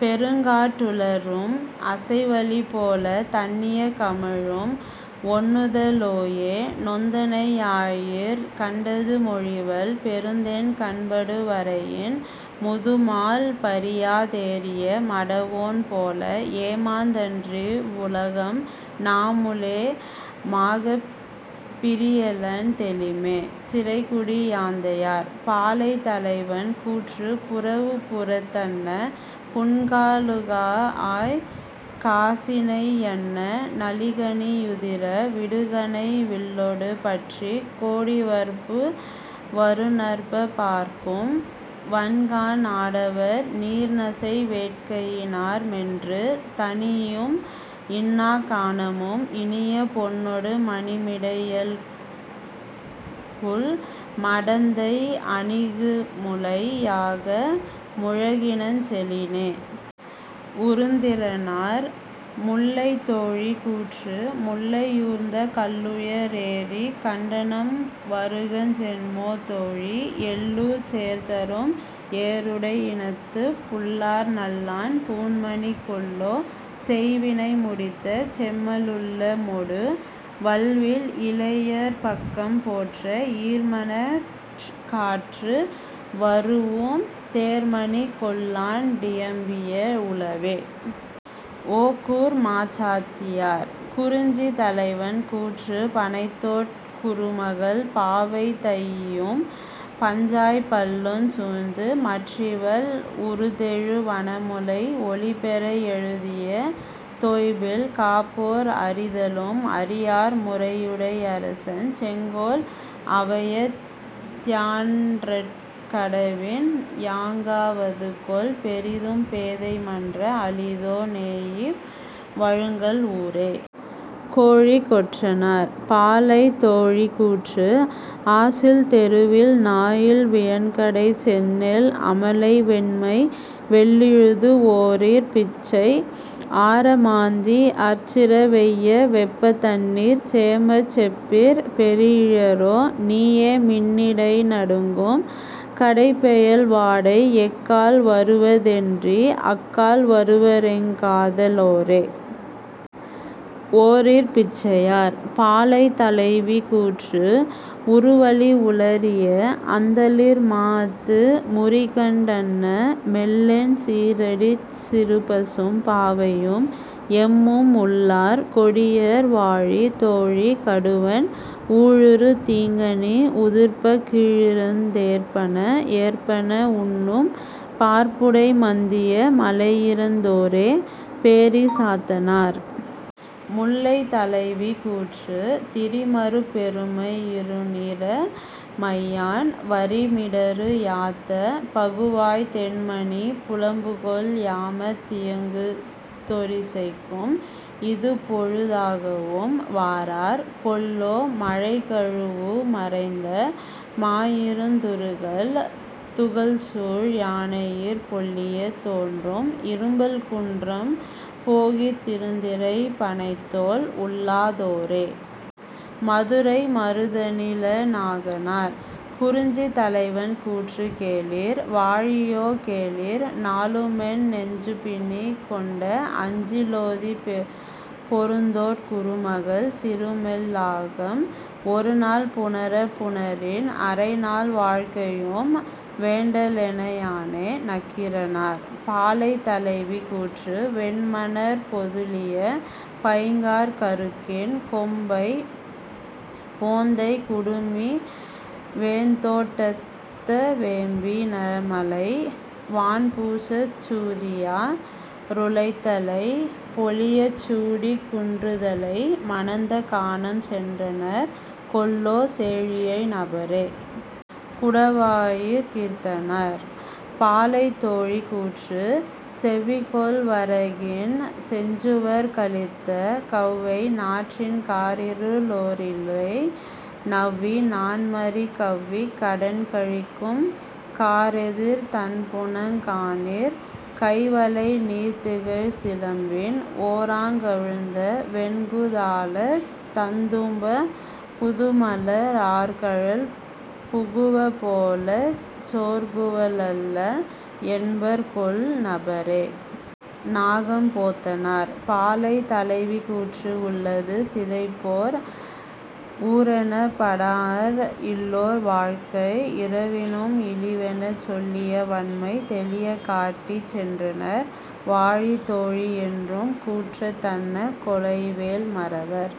பெருங்காட் டுளரும் அசைவளி போலத் தண்ணிய கமழும் ஒண்ணுத லோயே நொந்தனை யாயிற் கண்டது மொழிவல் பெருந்தேன் கண்படு வரையின் முதுமால் பறியா தேறிய மடவோன் போல ஏமாந் தன்றிவ் வுலகம் நாமுளே மாகப் பிரியலன் தௌிமே. -சிறைக்குடி யாந்தையார்.. பாலை தலைவன் கூற்று புறவுப் புறத்தன்ன புன்கா லுகாஅய்க் காசினை யன்ன நளிகனி யுதிர விடுகணை வில்லொடு பற்றிக் கோடிவர்பு வருநர்ப் பார்க்கும் வன்கண் ஆடவர் நீர்நசை வேட்கையி னார்மென்று தணியும் இன்னாக் கானமும் இனிய பொன்னொடு மணிமிடை யல்குல் மடந்தை அணிமுலை யாக முயகினஞ் செலினே. -உருத்திரனார்.. முல்லை தோழி கூற்று முல்லை யூர்ந்த கல்லுய ரேறிக் கண்டனம் வருகஞ் சென்மோ தோழி எல்லூர்ச் சேர்தரும் ஏறுடை யினத்துப் புல்லார் நல்லான் பூண்மணி கொல்லோ செய்வினை முடித்த செம்ம லுள்ளமொடு வல்வில் இளையர் பக்கம் போற்ற ஈர்மணற் காட்டாறு வரூஉம் தேர்மணி கொல்லாண் டியம்பிய வுளவே. -ஒக்கூர் மாசாத்தியார்.. குறிஞ்சி தலைவன் கூற்று பணைத்தோட் குறுமகள் பாவை தைஇயும் பஞ்சாய்ப் பள்ளஞ் சூழ்ந்து மற்றிவள் உருத்தெழு வனமுலை ஒளிபெற எழுதிய தொய்பில் காப்போர் அறிதலும் அறியார் முறையுடை யரசன் செங்கோல் அவையத் தியான்றற் கடவின் யாங்கா வதுகொல் பெரிதும் பேதை மன்ற அளிதோ னேயிவ் வழுங்கல் ஊரே. -கோழிக் கொற்றனார்.. பாலை தோழி கூற்று ஆசில் தெருவில் நாயில் வியன்கடைச் செந்நெல் அமலை வெண்மை வெள்ளிழுது ஓரிற் பிச்சை ஆர மாந்தி அற்சிர வெய்ய வெப்பத் தண்ணீர் சேமச் செப்பிற் பெறீஇயரோ நீயே மின்னிடை நடுங்கும் கடைப்பெயல் வாடை எக்கால் வருவ தென்றி அக்கால் வருவரெங் காத லோரே. -ஓரிற் பிச்சையார்.. பாலை தலைவி கூற்று உறுவளி உளரிய அந்தளிர் மாஅத்து முறிகண் டன்ன மெல்லென் சீறடிச் சிறுபசும் பாவையும் எம்மும் உள்ளார் கொடியர் வாழி தோழி கடுவன் ஊழுறு தீங்கனி உதிர்ப்பக் கீழிருந் தேற்பன ஏற்பன உண்ணும் பார்ப்புடை மந்திய மலையிறந் தோரே. -பேரி சாத்தனார்.. முல்லை தலைவி கூற்று திரிமருப் பெருமை யிருணிற மையான் வரிமிடறு யாத்த பகுவாய்த் தெண்மணி புலம்புகொள் யாமத் தியங்குதொ றிசைக்கும் இதுபொழு தாகவும் வாரார் கொல்லோ மழைகழூஉ மறந்த மாயிருந் துறுகல் துகள்சூழ் யானையிற் பொலியத் தோன்றும் இரும்பல் குன்றம் போகித் திருந்திறைப் பணைத்தோள் உள்ளா தோரே. -மதுரை மருதனிளநாகனார்.. குறிஞ்சி தலைவன் கூற்று கேளிர் வாழியோ கேளிர் நாளுமென் நெஞ்சுபிணிக் கொண்ட அஞ்சி லோதிப் பெருந்தோட் குறுமகள் சிறுமெல் லாகம் ஒருநாள் புணரப் புணரின் அரைநாள் வாழ்க்கையும் வேண்டலென் யானே. -நக்கீரனார்.. பாலை தலைவி கூற்று வெண்மணற் பொதுளிய பைங்காற் கருக்கின் கொம்மைப் போந்தைக் குடுமி வெண்தோட் டத்த வேம்பி னமலை வான்பூச் சுரியா ருளைத்தலை பொலியச் சூடிக் குன்றுதலை மணந்த கானம் சென்றனர் கொல்லோ சேயிழை நமரே. -குடவாயிற் கீரத்தனார்.. பாலை தோழி கூற்று செவ்விகொள் வரகின் செஞ்சுவற் கலித்த கௌவை நாற்றின் காரிரு ளோரிலை நவ்வி நாண்மறி கவ்விக் கடன்கழிக்கும் காரெதிர் தண்புனங் காணிற் கைவளை நீர்திகழ் சிலம்பின் ஓராங் கவிழ்ந்த வெண்கூ தாளத் தந்தூம்பு புதுமலர் ஆர்கழல் புகுவ போலச் சோர்குவ வல்ல என்பர்கொல் நமரே. -நாகம் போத்தனார்.. பாலை தலைவி கூற்று உள்ளது சிதைப்போர் உளரெனப் படாஅர் இல்லோர் வாழ்க்கை இரவினும் இளிவெனச் சொல்லிய வன்மை தௌியக் காட்டிச் சென்றனர் வாழி தோழி யென்றும் கூற்றத் தன்ன கொலைவேல் மறவர்